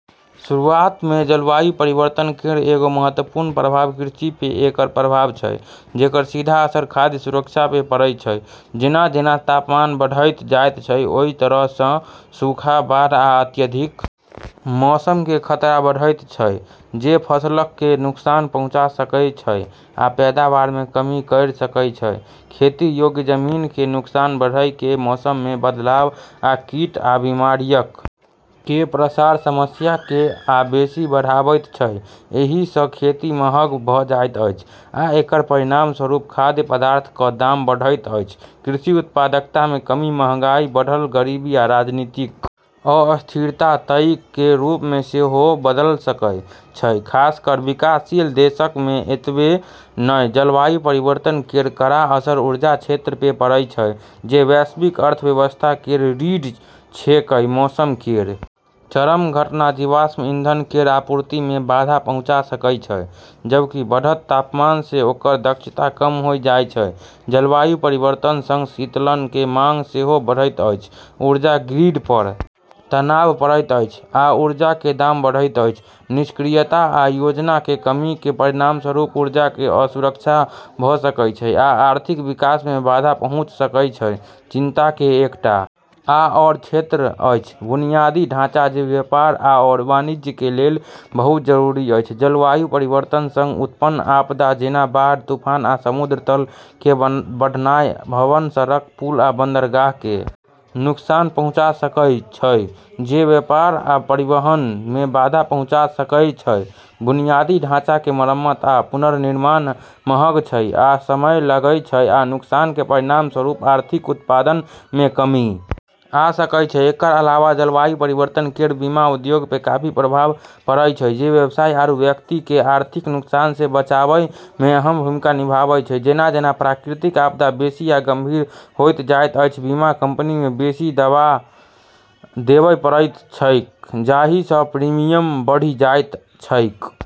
शुरूआत मे जलवायु परिवर्तन केरऽ एगो महत्वपूर्ण प्रभाव कृषि पे एकरऽ प्रभाव छै जेकरऽ सीधा असर खाद्य सुरक्षा पे पड़ै छै जेना-जेना तापमान बढ़एयत जायत छै, ओय तरह सं सूखा, बाढ़ आ अत्यधिक मौसम कें खतरा बढ़एयत छै जे फसलक कें नुकसान पहुंचा सकएय छै आ पैदावार मे कमी कयर सकएय छै, खेती योग्य जमीन कें नुकसान बढ़य कें मौसम मे बदलाव आ कीट आ बीमारियक कें प्रसार समस्या कें आ बेसि बढ़ाबैत छै, एहि स खेती महग भ जाइत अछि आ एकर परिणामस्वरूप खाद्य पदार्थ क दाम बढ़ैत अछि, कृषि उत्पादकता मे कमी महंगाई, बढ़ल गरीबी आ राजनीतिक अस्थिरता तइक कें रूप मे सेहो बदल सकय छै, खासकर विकासशील देशक मे एतबे नै जलवायु परिवर्तन केरऽ कड़ा असर ऊर्जा क्षेत्र पे पड़ै छै जे वैश्विक अर्थव्यवस्था केरऽ रीढ़ छेकै, मौसम केरऽ चरम घटना जीवाश्म ईंधन केरऽ आपूर्ति मे बाधा पहुँचा सकै छै, जबकि बढ़तऽ तापमान से ओकरऽ दक्षता कम होय जाय छै, जलवायु परिवर्तन सं शीतलन के मांग सेहो बढ़ैत अछि, ऊर्जा ग्रिड पर तनाव पड़ैत अछि आ ऊर्जा के दाम बढ़ैत अछि, निष्क्रियता आ योजना कें कमी कें परिणामस्वरूप ऊर्जा कें असुरक्षा भ सकय छै आ आर्थिक विकास मे बाधा पहुंच सकय छै, चिंता के एकटा आओर क्षेत्र अछि बुनियादी ढांचा जे व्यापार आओर वाणिज्य के लेल बहुत जरूरी अछि, जलवायु परिवर्तन सं उत्पन्न आपदा जेना बाढ़, तूफान आ समुद्र तल कें बढ़नाय भवन, सड़क, पुल आ बंदरगाह कें नुकसान पहुंचा सकएय छै जे व्यापार आ परिवहन मे बाधा पहुंचा सकएय छै, बुनियादी ढाँचा कें मरम्मत आ पुनर्निर्माण महग छै आ समय लगै छै आ नुकसान कें परिणामस्वरूप आर्थिक उत्पादन मे कमी आ सकय छै, एकरऽ अलावा जलवायु परिवर्तन केरऽ बीमा उद्योग पे काफी प्रभाव पड़ै छै जे व्यवसाय आरू व्यक्ति के आर्थिक नुकसान से बचाबै मे अहम भूमिका निभाबै छै जेना-जेना प्राकृतिक आपदा बेसी आ गंभीर होइत जाइत अछि, बीमा कंपनी कें बेसी दावा देबय पड़ैत छैक जाहि सं प्रीमियम बढ़ि जाइत छैक।